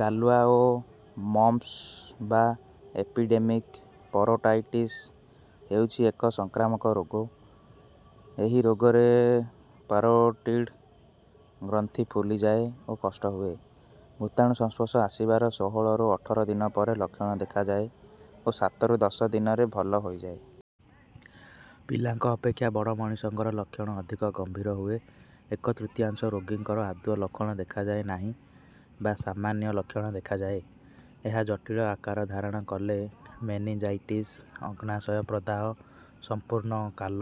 ଗାଲୁଆ ବା ମମ୍ପ୍ସ ବା ଏପିଡେମିକ ପରୋଟାଇଟିସ ହେଉଛି ଏକ ସଂକ୍ରାମକ ରୋଗ। ଏହି ରୋଗରେ ପାରୋଟିଡ ଗ୍ରନ୍ଥି ଫୁଲିଯାଏ ଓ କଷ୍ଟ ହୁଏ। ଭୂତାଣୁ ସଂସ୍ପର୍ଶ ଆସିବାର ଷୋହଳରୁ ଅଠର ଦିନ ପରେ ଲକ୍ଷଣ ଦେଖାଯାଏ ଓ ସାତରୁ ଦଶ ଦିନରେ ଭଲ ହୋଇଯାଏ। ପିଲାଙ୍କ ଅପେକ୍ଷା ବଡ଼ ମଣିଷଙ୍କର ଲକ୍ଷଣ ଅଧିକ ଗମ୍ଭୀର ହୁଏ। ଏକ ତୃତୀୟାଂଶ ରୋଗୀଙ୍କର ଆଦୌ ଲକ୍ଷଣ ଦେଖାଯାଏ ନାହିଁ ବା ସାମାନ୍ୟ ଲକ୍ଷଣ ଦେଖାଯାଏ। ଏହା ଜଟିଳ ଆକାର ଧାରଣ କଲେ ମେନିଞ୍ଜାଇଟିସ, ଅଗ୍ନାଶୟ ପ୍ରଦାହ, ସମ୍ପୂର୍ଣ୍ଣ କାଲ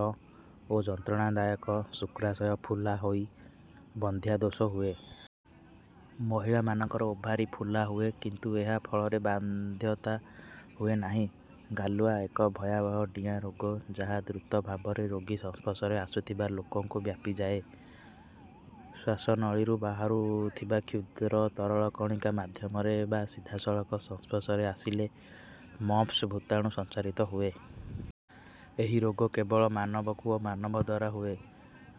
ଓ ଯନ୍ତ୍ରଣାଦାୟକ ଶୁକ୍ରାଶୟ ଫୁଲା ହୋଇ ବନ୍ଧ୍ୟାଦୋଷ ହୁଏ। ମହିଳାମାନଙ୍କର ଓଭାରି ଫୁଲା ହୁଏ କିନ୍ତୁ ଏହା ଫଳରେ ବନ୍ଧ୍ୟାତ୍ୱ ହୁଏ ନାହିଁ। ଗାଲୁଆ ଏକ ଭୟାବହ ଡିଆଁ ରୋଗ ଯାହା ଦୃତ ଭାବରେ ରୋଗୀ ସଂସ୍ପର୍ଶରେ ଆସୁଥିବା ଲୋକଙ୍କୁ ବ୍ୟାପିଯାଏ। ଶ୍ୱାସନଳୀରୁ ବାହାରୁଥିବା କ୍ଷୁଦ୍ର ତରଳକଣିକା ମାଧ୍ୟମରେ ବା ସିଧାସଳଖ ସଂସ୍ପର୍ଶରେ ଆସିଲେ ମମ୍ପ୍ସ ଭୂତାଣୁ ସଞ୍ଚାରିତ ହୁଏ। ଏହି ରୋଗ କେବଳ ମାନବକୁ ଓ ମାନବଦ୍ୱାରା ହୁଏ।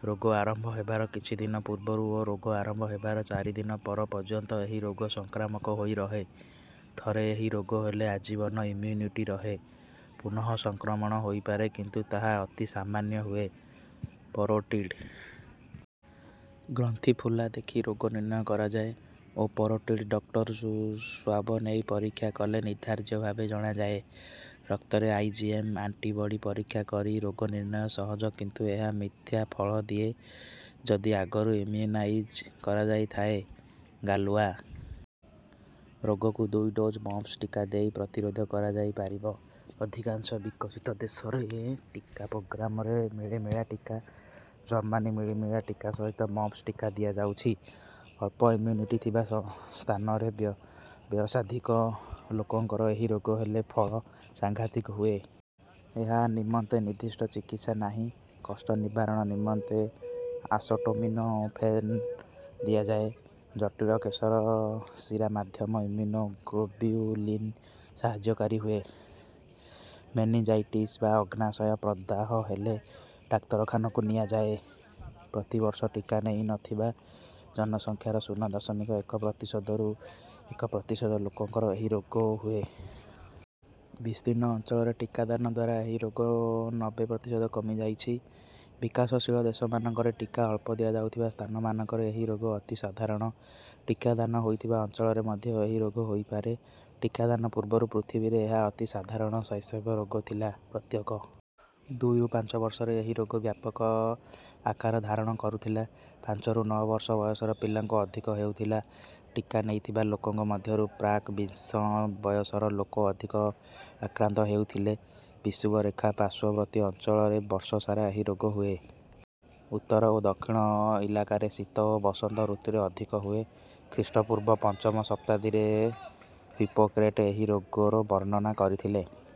ରୋଗ ଆରମ୍ଭ ହେବାର କିଛି ଦିନ ପୂର୍ବରୁ ଓ ରୋଗ ଆରମ୍ଭ ହେବାର ଚାରି ଦିନ ପର ପର୍ଯ୍ୟନ୍ତ ଏହି ରୋଗ ସଂକ୍ରାମକ ହୋଇ ରହେ। ଥରେ ଏହି ରୋଗ ହେଲେ ଆଜୀବନ ଇମ୍ମ୍ୟୁନିଟି ରହେ। ପୁନଃସଂକ୍ରମଣ ହୋଇପାରେ କିନ୍ତୁ ତାହା ଅତି ସାମାନ୍ୟ ହୁଏ। ପାରୋଟିଡ ଗ୍ରନ୍ଥି ଫୁଲା ଦେଖି ରୋଗ ନିର୍ଣ୍ଣୟ କରାଯାଏ ଓ ପାରୋଟିଡ ଡକ୍ଟରୁ ସ୍ୱାବ ନେଇ ପରୀକ୍ଷା କଲେ ନିର୍ଦ୍ଧାର୍ଯ୍ୟ ଭାବେ ଜଣାଯାଏ। ରକ୍ତରେ ଆଇଜିଏମ ଆଣ୍ଟିବଡି ପରୀକ୍ଷା କରି ରୋଗ ନିର୍ଣ୍ଣୟ ସହଜ କିନ୍ତୁ ଏହା ମିଥ୍ୟା ଫଳ ଦିଏ ଯଦି ଆଗରୁ ଇମ୍ମ୍ୟୁନାଇଜ କରାଯାଇଥାଏ। ଗାଲୁଆ ରୋଗକୁ ଦୁଇ ଡୋଜ ମମ୍ପ୍ସ ଟିକା ଦେଇ ପ୍ରତିରୋଧ କରାଯାଇପାରିବ। ଅଧିକାଂଶ ବିକଶିତ ଦେଶର ଟିକା ପ୍ରୋଗ୍ରାମରେ ମିଳିମିଳା ଟିକା, ଜର୍ମାନୀ ମିଳିମିଳା ଟିକା ସହିତ ମମ୍ପ୍ସ ଟିକା ଦିଆଯାଉଛି। ଅଳ୍ପ ଇମ୍ମ୍ୟୁନିଟି ଥିବା ସ୍ଥାନରେ ବୟସାଧିକ୍ୟ ଲୋକଙ୍କର ଏହି ରୋଗ ହେଲେ ଫଳ ସାଂଘାତିକ ହୁଏ। ଏହା ନିମନ୍ତେ ନିର୍ଦ୍ଦିଷ୍ଟ ଚିକିତ୍ସା ନାହିଁ। କଷ୍ଟ ନିବାରଣ ନିମନ୍ତେ ଆସେଟାମିନୋଫେନ ଦିଆଯାଏ। ଜଟିଳ କେଶରେ ଶୀରାମାଧ୍ୟମ ଇମ୍ମ୍ୟୁନୋଗ୍ଲୋବ୍ୟୁଲିନ ସାହାଯ୍ୟକାରୀ ହୁଏ। ମେନିଞ୍ଜାଇଟିସ ବା ଅଗ୍ନାଶୟ ପ୍ରଦାହ ହେଲେ ଡାକ୍ତରଖାନାକୁ ନିଆଯାଏ। ପ୍ରତିବର୍ଷ ଟିକା ନେଇ ନ ଥିବା ଜନସଂଖ୍ୟାର ଶୂନ ଦଶମିକ ଏକ ପ୍ରତିଶତରୁ ଏକ ପ୍ରତିଶତ ଲୋକଙ୍କର ଏହି ରୋଗ ହୁଏ। ବିସ୍ତୀର୍ଣ୍ଣ ଅଞ୍ଚଳରେ ଟିକାଦାନ ଦ୍ୱାରା ଏହି ରୋଗ ନବେ ପ୍ରତିଶତ କମିଯାଇଛି। ବିକାଶଶୀଳ ଦେଶମାନଙ୍କରେ ଟିକା ଅଳ୍ପ ଦିଆଯାଉଥିବା ସ୍ଥାନମାନଙ୍କରେ ଏହି ରୋଗ ଅତି ସାଧାରଣ। ଟିକାଦାନ ହୋଇଥିବା ଅଞ୍ଚଳରେ ମଧ୍ୟ ଏହି ରୋଗ ହୋଇପାରେ। ଟିକାଦାନ ପୂର୍ବରୁ ପୃଥିବୀରେ ଏହା ଅତି ସାଧାରଣ ଶୈଶବ ରୋଗ ଥିଲା। ପ୍ରତ୍ୟେକ ଦୁଇରୁ ପାଞ୍ଚ ବର୍ଷରେ ଏହି ରୋଗ ବ୍ୟାପକ ଆକାର ଧାରଣ କରୁଥିଲା। ପାଞ୍ଚରୁ ନଅ ବର୍ଷ ବୟସର ପିଲାଙ୍କୁ ଅଧିକ ହେଉଥିଲା। ଟିକା ନେଇଥିବା ଲୋକଙ୍କ ମଧ୍ୟରୁ ପ୍ରାକ୍ ବିଂଶ ବୟସର ଲୋକ ଅଧିକ ଆକ୍ରାନ୍ତ ହେଉଥିଲେ। ବିଷୁବରେଖା ପାର୍ଶ୍ୱବର୍ତ୍ତୀ ଅଞ୍ଚଳରେ ବର୍ଷ ସାରା ଏହି ରୋଗ ହୁଏ। ଉତ୍ତର ଓ ଦକ୍ଷିଣ ଇଲାକାରେ ଶୀତ ଓ ବସନ୍ତ ଋତୁରେ ଅଧିକ ହୁଏ। ଖ୍ରୀଷ୍ଟପୂର୍ବ ପଞ୍ଚମ ଶତାବ୍ଦୀରେ ହିପୋକ୍ରେଟ ଏହି ରୋଗର ବର୍ଣ୍ଣନା କରିଥିଲେ।